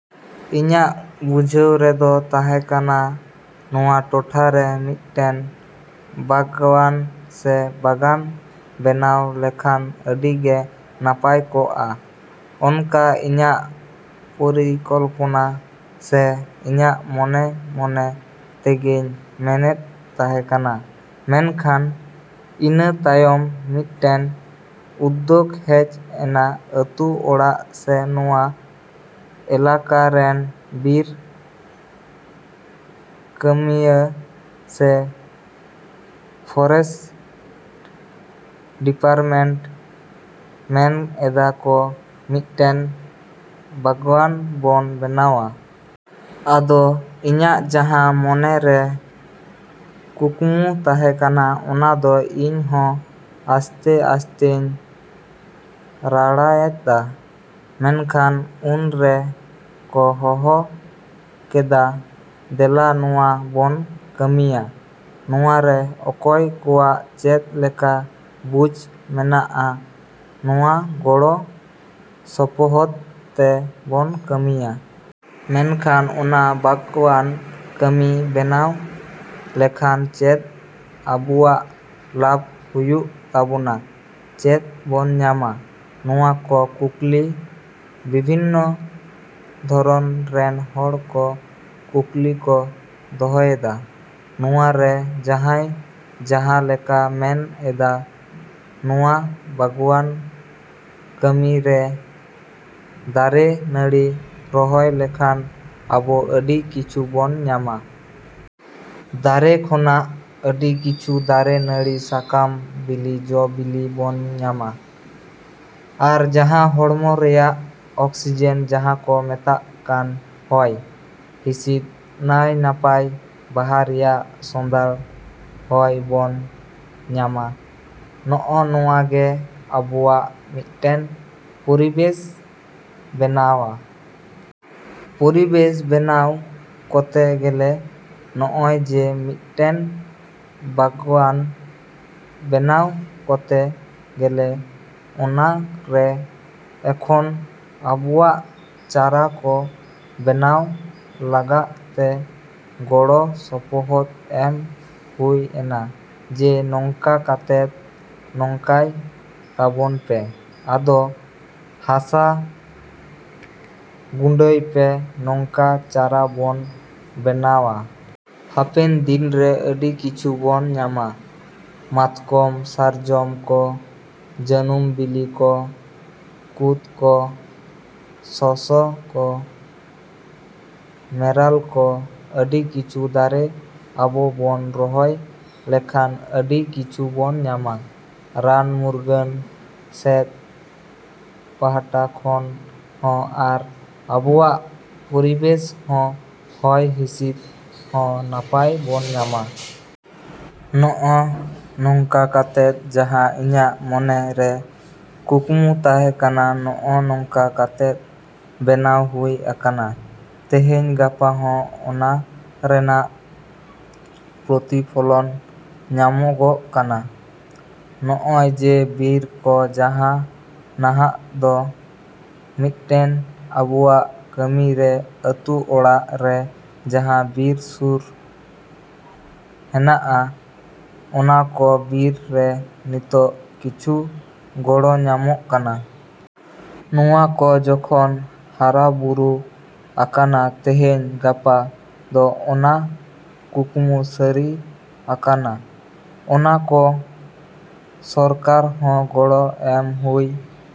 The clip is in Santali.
ᱤᱧᱟᱹᱜ ᱵᱩᱡᱷᱟᱹᱣ ᱨᱮᱫᱚ ᱛᱟᱦᱮᱸ ᱠᱟᱱᱟ ᱱᱚᱣᱟ ᱴᱚᱴᱷᱟ ᱨᱮ ᱢᱤᱫᱴᱮᱱ ᱵᱟᱜᱽᱣᱟᱱ ᱥᱮ ᱵᱟᱜᱟᱱ ᱵᱮᱱᱟᱣ ᱞᱮᱠᱷᱟᱱ ᱟᱹᱰᱤ ᱜᱮ ᱱᱟᱯᱟᱭ ᱠᱚᱜᱼᱟ᱾ ᱚᱱᱠᱟ ᱤᱧᱟᱹᱜ ᱯᱚᱨᱤᱠᱚᱞᱯᱚᱱᱟ ᱥᱮ ᱤᱧᱟᱹᱜ ᱢᱚᱱᱮᱼᱢᱚᱱᱮ ᱛᱮᱜᱮᱧ ᱢᱮᱱᱮᱫ ᱛᱟᱦᱮᱸ ᱠᱟᱱᱟ᱾ ᱢᱮᱱᱠᱷᱟᱱ ᱤᱱᱟᱹ ᱛᱟᱭᱚᱢ ᱢᱤᱫᱴᱮᱱ ᱩᱫᱫᱳᱜᱽ ᱦᱮᱡ ᱮᱱᱟ ᱟᱹᱛᱩ ᱦᱚᱲᱟᱜ ᱥᱮ ᱱᱚᱣᱟ ᱮᱞᱟᱠᱟ ᱨᱮᱱ ᱵᱤᱨ ᱠᱟᱹᱢᱭᱟᱹ ᱥᱮ ᱯᱷᱚᱨᱮᱥᱴ ᱰᱤᱯᱟᱨᱴᱢᱮᱱᱴ ᱢᱮᱱ ᱮᱫᱟ ᱠᱚ ᱢᱤᱫᱴᱮᱱ ᱵᱟᱜᱽᱣᱟᱱ ᱵᱚᱱ ᱵᱮᱱᱟᱣᱟ᱾ ᱟᱫᱚ ᱤᱧᱟᱹᱜ ᱡᱟᱦᱟᱸ ᱢᱚᱱᱮ ᱨᱮ ᱠᱩᱠᱢᱩ ᱛᱟᱦᱮᱸ ᱠᱟᱱᱟ ᱚᱱᱟ ᱫᱚ ᱤᱧ ᱦᱚᱸ ᱟᱥᱛᱮᱼᱟᱥᱛᱮᱧ ᱨᱟᱲᱟᱭᱮᱫᱟ᱾ ᱢᱮᱱᱠᱷᱟᱱ ᱩᱱ ᱨᱮ ᱠᱚ ᱦᱚᱦᱚ ᱠᱮᱫᱟ, "ᱫᱮᱞᱟ ᱱᱚᱣᱟ ᱵᱚᱱ ᱠᱟᱹᱢᱤᱭᱟ᱾ ᱱᱚᱣᱟ ᱨᱮ ᱚᱠᱚᱭ ᱠᱚᱣᱟᱜ ᱪᱮᱫ ᱞᱮᱠᱟ ᱵᱩᱡᱷ ᱢᱮᱱᱟᱜᱼᱟ? ᱱᱚᱣᱟ ᱜᱚᱲᱚ ᱥᱚᱯᱚᱦᱚᱫ ᱛᱮ ᱵᱚᱱ ᱠᱟᱹᱢᱤᱭᱟ᱾" ᱢᱮᱱᱠᱷᱟᱱ ᱚᱱᱟ ᱵᱟᱜᱽᱣᱟᱱ ᱠᱟᱹᱢᱤ ᱵᱮᱱᱟᱣ ᱞᱮᱠᱷᱟᱱ ᱪᱮᱫ ᱟᱵᱚᱣᱟᱜ ᱞᱟᱵᱷ ᱦᱩᱭᱩᱜ ᱛᱟᱵᱚᱱᱟ? ᱪᱮᱫ ᱵᱚᱱ ᱧᱟᱢᱟ? ᱱᱚᱣᱟ ᱠᱚ ᱠᱩᱠᱞᱤ ᱵᱤᱵᱷᱤᱱᱱᱚ ᱫᱷᱚᱨᱚᱱ ᱨᱮᱱ ᱦᱚᱲ ᱠᱚ ᱠᱩᱠᱞᱤ ᱠᱚ ᱫᱚᱦᱚᱭᱮᱫᱟ᱾ ᱱᱚᱣᱟ ᱨᱮ ᱡᱟᱦᱟᱸᱭ ᱡᱟᱦᱟᱸ ᱞᱮᱠᱟ ᱢᱮᱱ ᱮᱫᱟ ᱱᱚᱣᱟ ᱵᱟᱜᱽᱣᱟᱱ ᱠᱟᱹᱢᱤ ᱥᱮ ᱫᱟᱨᱮ ᱱᱟᱹᱲᱤ ᱨᱚᱦᱚᱭ ᱞᱮᱠᱷᱟᱱ ᱟᱵᱚ ᱟᱹᱰᱤ ᱠᱤᱪᱷᱩ ᱵᱚᱱ ᱧᱟᱢᱟ᱾ ᱫᱟᱨᱮ ᱠᱷᱚᱱᱟᱜ ᱟᱹᱰᱤ ᱠᱤᱪᱷᱩ ᱫᱟᱨᱮ ᱱᱟᱹᱲᱤ ᱥᱟᱠᱟᱢ, ᱵᱤᱞᱤ, ᱡᱚ, ᱵᱤᱞᱤ ᱵᱚᱱ ᱧᱟᱢᱟ᱾ ᱟᱨ ᱡᱟᱦᱟᱸ ᱦᱚᱲᱢᱚ ᱨᱮᱭᱟᱜ ᱚᱠᱥᱤᱡᱮᱱ ᱡᱟᱦᱟᱸ ᱠᱚ ᱢᱮᱛᱟᱜ ᱠᱟᱱ ᱦᱚᱭ ᱦᱤᱸᱥᱤᱫ ᱱᱟᱭ ᱱᱟᱯᱟᱭ ᱵᱟᱦᱟ ᱨᱮᱭᱟᱜ ᱥᱚᱸᱫᱷᱟᱲ ᱦᱚᱭ ᱵᱚᱱ ᱧᱟᱢᱟ᱾ ᱱᱚᱜᱼᱚ ᱱᱚᱣᱟ ᱜᱮ ᱟᱵᱚᱣᱟᱜ ᱢᱤᱫᱴᱮᱱ ᱯᱚᱨᱤᱵᱮᱥᱮ ᱵᱮᱱᱟᱣᱟ᱾ ᱯᱚᱨᱤᱵᱮᱥ ᱵᱮᱱᱟᱣ ᱠᱚᱛᱮ ᱜᱮᱞᱮ ᱱᱚᱜᱼᱚᱭ ᱡᱮ ᱢᱤᱫᱴᱮᱱ ᱵᱟᱜᱽᱣᱟᱱ ᱵᱮᱱᱟᱣ ᱠᱚᱛᱮ ᱜᱮᱞᱮ ᱚᱱᱟ ᱨᱮ ᱮᱠᱷᱚᱱ ᱟᱵᱚᱣᱟᱜ ᱪᱟᱨᱟ ᱠᱚ ᱵᱮᱱᱟᱣ ᱞᱟᱜᱟᱜ ᱛᱮ ᱜᱚᱲᱚ ᱥᱚᱯᱚᱦᱚᱫ ᱮᱢ ᱦᱩᱭ ᱮᱱᱟ ᱡᱮ ᱱᱚᱝᱠᱟ ᱠᱟᱛᱮᱫ ᱱᱚᱝᱠᱟᱭ ᱛᱟᱵᱚᱱ ᱯᱮ᱾ ᱟᱫᱚ ᱦᱟᱥᱟ ᱜᱩᱸᱰᱟᱹᱭ ᱯᱮ ᱱᱚᱝᱠᱟ ᱪᱟᱨᱟ ᱵᱚᱱ ᱵᱮᱱᱟᱣᱟ᱾ ᱦᱟᱯᱮᱱ ᱫᱤᱱ ᱨᱮ ᱟᱹᱰᱤ ᱠᱤᱪᱷᱩ ᱵᱚᱱ ᱧᱟᱢᱟ᱾ ᱢᱟᱛᱠᱚᱢ, ᱥᱟᱨᱡᱚᱢ ᱠᱚ, ᱡᱟᱱᱩᱢ ᱵᱤᱞᱤ ᱠᱚ, ᱠᱩᱫᱽ ᱠᱚ, ᱥᱚᱥᱚ ᱠᱚ, ᱢᱮᱨᱟᱞ ᱠᱚ ᱟᱹᱰᱤ ᱠᱤᱪᱷᱩ ᱫᱟᱨᱮ ᱟᱵᱚ ᱵᱚᱱ ᱨᱚᱦᱚᱭ ᱞᱮᱠᱷᱟᱱ ᱟᱹᱰᱤ ᱠᱤᱪᱷᱩ ᱵᱚᱱ ᱧᱟᱢᱟ᱾ ᱨᱟᱱ ᱢᱩᱨᱜᱟᱹᱱ ᱥᱮᱫ ᱯᱟᱦᱴᱟ ᱠᱷᱚᱱ ᱦᱚᱸ ᱟᱨ ᱟᱵᱚᱣᱟᱜ ᱯᱚᱨᱤᱵᱮᱥ ᱦᱚᱸ ᱦᱚᱭ ᱦᱤᱸᱥᱤᱫ ᱦᱚᱸ ᱱᱟᱯᱟᱭ ᱵᱚᱱ ᱧᱟᱢᱟ᱾ ᱱᱚᱜᱼᱚ ᱱᱚᱝᱠᱟ ᱠᱟᱛᱮᱫ ᱡᱟᱦᱟᱸ ᱤᱧᱟᱹᱜ ᱢᱚᱱᱮ ᱨᱮ ᱠᱩᱠᱢᱩ ᱛᱟᱦᱮᱸ ᱠᱟᱱᱟ ᱱᱚᱜᱼᱚ ᱱᱚᱝᱠᱟ ᱠᱟᱛᱮᱫ ᱵᱮᱱᱟᱣ ᱦᱩᱭ ᱟᱠᱟᱱᱟ᱾ ᱛᱮᱦᱮᱧ ᱜᱟᱯᱟ ᱦᱚᱸ ᱚᱱᱟ ᱨᱮᱱᱟᱜ ᱯᱨᱚᱛᱤᱯᱷᱚᱞᱚᱱ ᱧᱟᱢᱚᱜᱚᱜ ᱠᱟᱱᱟ᱾ ᱱᱚᱜᱼᱚᱭ ᱡᱮ ᱵᱤᱨ ᱠᱚ ᱡᱟᱦᱟᱸ ᱱᱟᱦᱟᱜ ᱫᱚ ᱢᱤᱫᱴᱮᱱ ᱟᱵᱚᱣᱟᱜ ᱠᱟᱹᱢᱤ ᱨᱮ ᱟᱹᱛᱩ ᱚᱲᱟᱜ ᱨᱮ ᱡᱟᱦᱟᱸ ᱵᱤᱨ ᱥᱩᱨ ᱦᱮᱱᱟᱜᱼᱟ ᱚᱱᱟ ᱠᱚ ᱵᱤᱨ ᱨᱮ ᱱᱤᱛᱚᱜ ᱠᱤᱪᱷᱩ ᱜᱚᱲᱚ ᱧᱟᱢᱚᱜ ᱠᱟᱱᱟ᱾ ᱱᱚᱣᱟ ᱠᱚ ᱡᱚᱠᱷᱚᱱ ᱦᱟᱨᱟ ᱵᱩᱨᱩ ᱟᱠᱟᱱᱟ ᱛᱮᱦᱮᱧ ᱜᱟᱯᱟ ᱫᱚ ᱚᱱᱟ ᱠᱩᱠᱢᱩ ᱥᱟᱹᱨᱤ ᱟᱠᱟᱱᱟ᱾ ᱚᱱᱟ ᱠᱚ ᱥᱚᱨᱠᱟᱨ ᱦᱚᱸ ᱜᱚᱲᱚ ᱮᱢ ᱦᱩᱭ